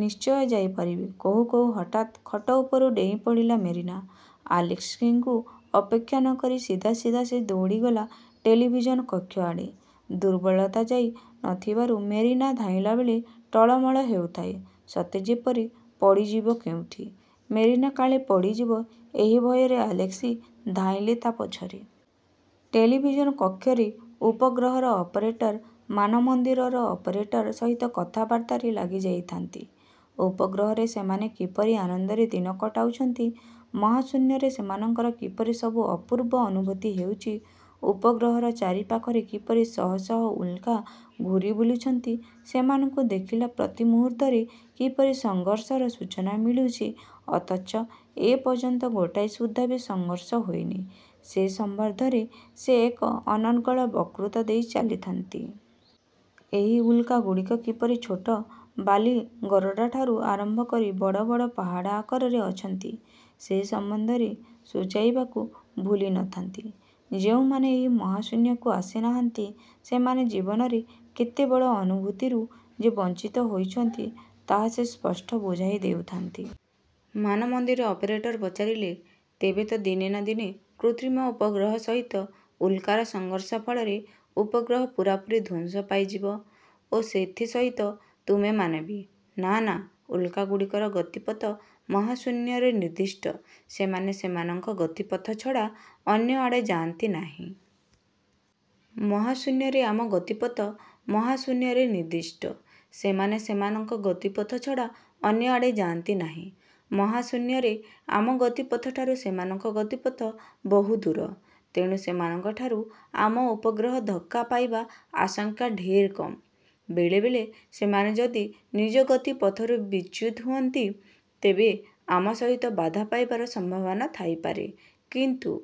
ନିଶ୍ଚୟ ଯାଇପାରିବି। '' କହୁ କହୁ ହଠାତ୍ ଖଟ ଉପରୁ ଡେଇଁପଡ଼ିଲା ମେରିନା। ଆଲେସ୍କିଙ୍କୁ ଅପେକ୍ଷା ନକରି ସିଧାସିଧା ସେ ଦୌଡ଼ିଗଲା ଟେଲିଭିଜନ୍ କକ୍ଷ ଆଡ଼େ। ଦୁର୍ବଳତା ଯାଇ ନଥିବାରୁ ମେରିନା ଧାଇଁଲାବେଳେ ଟଳମଳ ହେଉଥାଏ; ସତେ ଯେପରି ପଡ଼ିଯିବ କେଉଁଠି। ମେରିନା କାଳେ ପଡ଼ିଯିବ, ଏହି ଭୟରେ ଆଲେସ୍କି ଧାଇଁଲେ ତା ପଛରେ। ଟେଲିଭିଜନ୍ କକ୍ଷରେ ଉପଗ୍ରହର ଅପରେଟର୍ ମାନମନ୍ଦିରର ଅପରେଟର ସହିତ କଥାବାର୍ତ୍ତାରେ ଲାଗିଯାଇଥାନ୍ତି। ଉପଗ୍ରହରେ ସେମାନେ କିପରି ଆନନ୍ଦରେ ଦିନ କଟାଉଛନ୍ତି, ମହାଶୂନ୍ୟରେ ସେମାନଙ୍କର କିପରି ସବୁ ଅପୂର୍ବ ଅନୁଭୂତି ହେଉଛି, ଉପଗ୍ରହର ଚାରି ପାଖରେ କିପରି ଶହ ଶହ ଉଲ୍କା ଘୂରିବୁଲୁଛନ୍ତି, ସେମାନଙ୍କୁ ଦେଖିଲେ ପ୍ରତି ମୁହୂର୍ତ୍ତରେ କିପରି ସଂଘର୍ଷର ସୂଚନା ମିଳୁଛି ଅଥଚ ଏପର୍ଯ୍ୟନ୍ତ ଗୋଟାଏ ସୁଦ୍ଧା ବି ସଂଘର୍ଷ ହୋଇନି, ସେ ସମ୍ବନ୍ଧରେ ସେ ଏକ ଅନର୍ଗଳ ବକ୍ତୃତା ଦେଇ ଚାଲିଥାନ୍ତି। ଏହି ଉଲ୍କାଗୁଡ଼ିକ କିପରି ଛୋଟ ବାଲିଗରଡ଼ାଠାରୁ ଆରମ୍ଭକରି ବଡ଼ ବଡ଼ ପାହାଡ଼ ଆକାରରେ ଅଛନ୍ତି, ସେ ସମ୍ବନ୍ଧରେ ସୂଚାଇବାକୁ ଭୁଲି ନଥାନ୍ତି। ଯେଉଁମାନେ ଏହି ମହାଶୂନ୍ୟକୁ ଆସିନାହାନ୍ତି, ସେମାନେ ଜୀବନରେ କେତେ ବଡ଼ ଅନୁଭୂତିରୁ ଯେ ବଞ୍ଚିତ ହୋଇଛନ୍ତି ତାହା ସେ ସ୍ପଷ୍ଟ ବୁଝାଇ ଦେଉଥାନ୍ତି। ମାନମନ୍ଦିର ଅପରେଟର ପଚାରିଲେ, ''ତେବେ ତ ଦିନେ ନା ଦିନେ କୃତ୍ରିମ ଉପଗ୍ରହ ସହିତ ଉଲ୍କାର ସଂଘର୍ଷ ଫଳରେ ଉପଗ୍ରହ ପୂରାପୂରି ଧ୍ୱଂସ ପାଇଯିବ ଓ ସେଥିସହିତ ତୁମେମାନେ ବି। "ନା ନା, ଉଲ୍କାଗୁଡିକର ଗତିପଥ ମହାଶୂନ୍ୟରେ ନିର୍ଦ୍ଦିଷ୍ଟ। ସେମାନେ ସେମାନଙ୍କ ଗତିପଥ ଛଡ଼ା ଅନ୍ୟ ଆଡ଼େ ଯାଆନ୍ତି ନାହିଁ। ମହାଶୂନ୍ୟରେ ଆମ ଗତିପଥ ମହାଶୂନ୍ୟରେ ନିର୍ଦ୍ଦିଷ୍ଟ। ସେମାନେ ସେମାନଙ୍କ ଗତିପଥ ଛଡ଼ା ଅନ୍ୟ ଆଡ଼େ ଯାଆନ୍ତି ନାହିଁ। ମହାଶୂନ୍ୟରେ ଆମ ଗତିପଥଠାରୁ ସେମାନଙ୍କ ଗତିପଥ ବହୁ ଦୂର। ତେଣୁ ସେମାନଙ୍କଠାରୁ ଆମ ଉପଗ୍ରହ ଧକ୍କା ପାଇବା ଆଶଙ୍କା ଢେର୍ କମ୍। ବେଳେ ବେଳେ ସେମାନେ ଯଦି ନିଜଗତିପଥରୁ ବିଚ୍ୟୁତ ହୁଅନ୍ତି, ତେବେ ଆମ ସହିତ ବାଧା ପାଇବାର ସମ୍ଭାବନା ଥାଇପାରେ; କିନ୍ତୁ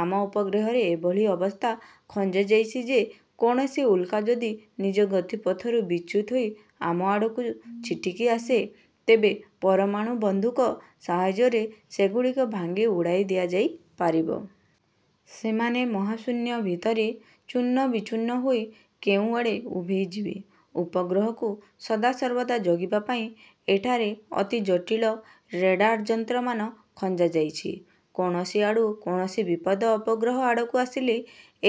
ଆମ ଉପଗ୍ରହରେ ଏଭଳି ଅବସ୍ଥା ଖଞ୍ଜାଯାଇଛି ଯେ, କୌଣସି ଉଲ୍କା ଯଦି ନିଜ ଗତିପଥରୁ ବିଚ୍ୟୁତ ହୋଇ ଆମ ଆଡ଼କୁ ଛିଟିକି ଆସେ, ତେବେ ପରମାଣୁବନ୍ଧୁକ ସାହାଯ୍ୟରେ ସେଗୁଡ଼ିକ ଭାଙ୍ଗି ଉଡ଼ାଇ ଦିଆଯାଇ ପାରିବ-। ସେମାନେ ମହାଶୂନ୍ୟ ଭିତରେ ଚୂର୍ଣ୍ଣବିଚୂର୍ଣ୍ଣ ହୋଇ କେଉଁଆଡ଼େ ଉଭେଇଯିବେ। ଉପଗ୍ରହକୁ ସଦାସର୍ବଦା ଜଗିବାପାଇଁ ଏଠାରେ ଅତି ଜଟିଳ ରେଡ଼ାର୍ ଯନ୍ତ୍ରମାନ ଖଞ୍ଜାଯାଇଛି। କୌଣସି ଆଡ଼ୁ କୌଣସି ବିପଦ ଉପଗ୍ରହ ଆଡ଼କୁ ଆସିଲେ,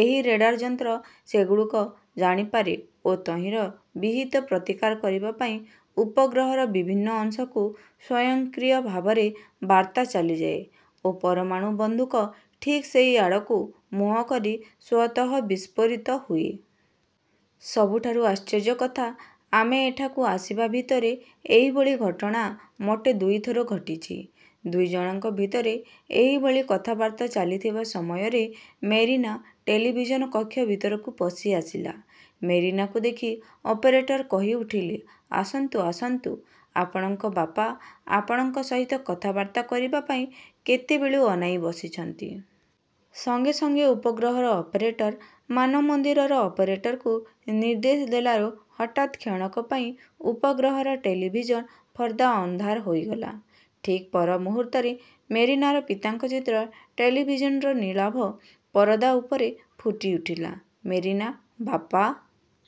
ଏହି ରେଡ଼ାର୍ ଯନ୍ତ୍ର ସେଗୁଡ଼ିକ ଜାଣିପାରେ ଓ ତହିଁର ବିହିତ ପ୍ରତିକାର କରିବା ପାଇଁ ଉପଗ୍ରହର ବିଭିନ୍ନ ଅଂଶକୁ ସ୍ୱୟଂକ୍ରିୟ ଭାବରେ ବାର୍ତ୍ତା ଚାଲିଯାଏ ଓ ପରମାଣୁବନ୍ଧୁକ ଠିକ୍ ସେଇ ଆଡ଼କୁ ମୁହଁ କରି ସ୍ୱତଃ ବିସ୍ଫୋରିତ ହୁଏ। ସବୁଠାରୁ ଆଶ୍ଚର୍ଯ୍ୟ କଥା, ଆମେ ଏଠାକୁ ଆସିବା ଭିତରେ ଏହିଭଳି ଘଟଣା ମୋଟେ ଦୁଇଥର ଘଟିଛି। '' ଦୁଇଜଣଙ୍କ ଭିତରେ ଏହିଭଳି କଥାବାର୍ତ୍ତା ଚାଲିଥିବା ସମୟରେ ମେରିନା ଟେଲିଭିଜନ୍ କକ୍ଷ ଭିତରକୁ ପଶିଆସିଲା। ମେରିନାକୁ ଦେଖି ଅପରେଟର୍ କହିଉଠିଲେ, ''ଆସନ୍ତୁ, ଆସନ୍ତୁ, ଆପଣଙ୍କ ବାପା ଆପଣଙ୍କ ସହିତ କଥାବାର୍ତ୍ତା କରିବାପାଇଁ କେତେ ବେଳୁଁ ଅନାଇ ବସିଛନ୍ତି। '' ସଙ୍ଗେ ସଙ୍ଗେ ଉପଗ୍ରହର ଅପରେଟର୍ ମାନମନ୍ଦିରର ଅପରେଟରକୁ ନିର୍ଦ୍ଦେଶ ଦେଲାରୁ ହଠାତ୍ କ୍ଷଣକ ପାଇଁ ଉପଗ୍ରହର ଟେଲିଭିଜନ୍ ପର୍ଦ୍ଦା ଅନ୍ଧାର ହୋଇଗଲା। ଠିକ୍ ପରମୁହୂର୍ତ୍ତରେ ମେରିନାର ପିତାଙ୍କ ଚିତ୍ର ଟେଲିଭିଜନ୍ର ନୀଳାଭ ପରଦା ଉପରେ ଫୁଟିଉଠିଲା। ମେରିନା 'ବାପା'